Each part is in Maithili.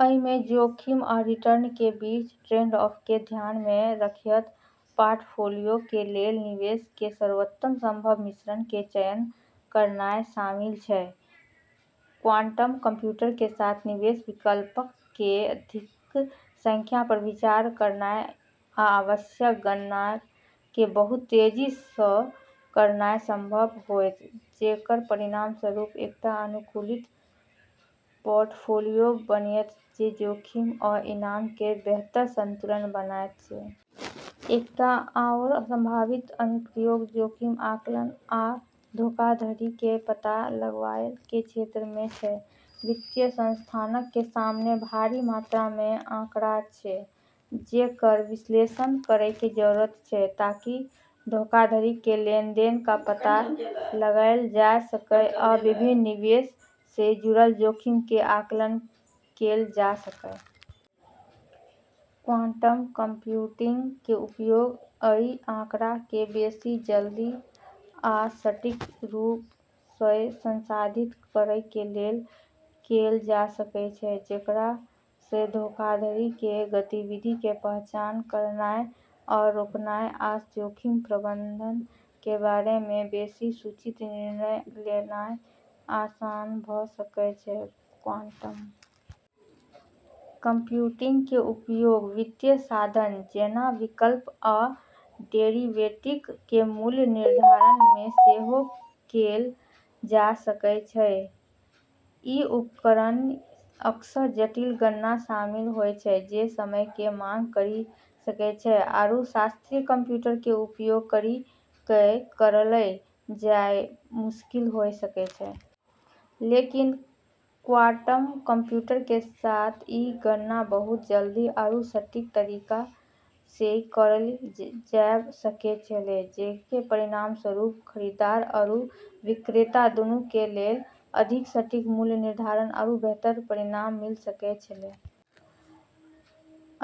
अइ मे जोखिम आ रिटर्न के बीच ट्रेड-ऑफ के ध्यान मे रखयत पोर्टफोलियो के लेल निवेश के सर्वोत्तम संभव मिश्रण के चयन करनाय शामिल छै ।क्वांटम कंप्यूटर के साथ, निवेश विकल्पक के अधिक संख्या पर विचार करनाय आ आवश्यक गणनाक के बहुत तेजी सऽ करनाय संभव होयत, जेकर परिणामस्वरूप एकटा अनुकूलित पोर्टफोलियो बनतय जे जोखिम आ इनाम के बेहतर संतुलन बनायत छै । एकटा आओर संभावित अनुप्रयोग जोखिम आकलन आ धोखाधड़ी के पता लगावय के क्षेत्र मे छै। वित्तीय संस्थानक के सामने भारी मात्रा मे आंकड़ा छै जेकर विश्लेषण करय के जरूरत छै ताकि धोखाधड़ी के लेनदेन के पता लगाएल जा सकय आ विभिन्न निवेश सं जुड़ल जोखिम के आकलन कैल जा सकय। क्वांटम कंप्यूटिंग के उपयोग अइ आंकड़ा के बेसि जल्दी आ सटीक रूप सऽ संसाधित करय के लेल कैल जा सकय छै, जेकरा सऽ धोखाधड़ी के गतिविधि के पहचान करनाय आ रोकनाय आ जोखिम प्रबंधन के बारे मे बेसि सूचित निर्णय लेनाय आसान भ सकय छै ।क्वांटम कंप्यूटिंग के उपयोग वित्तीय साधन, जेना विकल्प आ डेरिवेटिव के मूल्य निर्धारण मे सेहो कैल जा सकय छै। ई उपकरणऽ अक्सर जटिल गणना शामिल होय छै जे समय के माँग करी सकै छै आरू शास्त्रीय कंप्यूटर के उपयोग करी कऽ करलऽ जाय मऽ मुश्किल होय सकै छै। लेकिन क्वांटम कंप्यूटर के साथ ई गणना बहुत जल्दी आरू सटीक तरीका सऽ करलऽ जाब सकै छेलै, जेकरऽ परिणामस्वरूप खरीदार आरू विक्रेता दुनु के लेलऽ अधिक सटीक मूल्य निर्धारण आरू बेहतर परिणाम मिल सकै छेलै।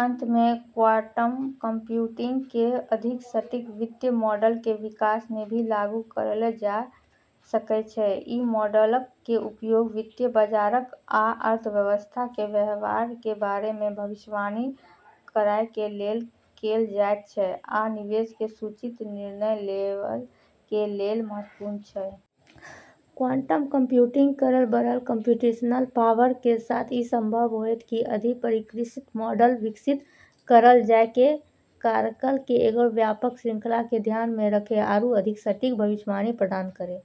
अंत में, क्वांटम कंप्यूटिंग के अधिक सटीक वित्तीय मॉडल के विकास मे भी लागू करलऽ जाब सकै छै। इ मॉडलक के उपयोग वित्तीय बाजारक आ अर्थव्यवस्था के व्यवहार के बारे मे भविष्यवाणी करय कें लेल कैल जायत छै, आ निवेश के सूचित निर्णय लेवा के लेल महत्वपूर्ण छै। क्वांटम कंप्यूटिंग केरऽ बढ़लऽ कम्प्यूटेशनल पावर के साथ ई संभव होतै कि अधिक परिष्कृत मॉडल विकसित करलऽ जाय जे कारकऽ के एगो व्यापक श्रृंखला के ध्यान मे रखै आरू अधिक सटीक भविष्यवाणी प्रदान करै।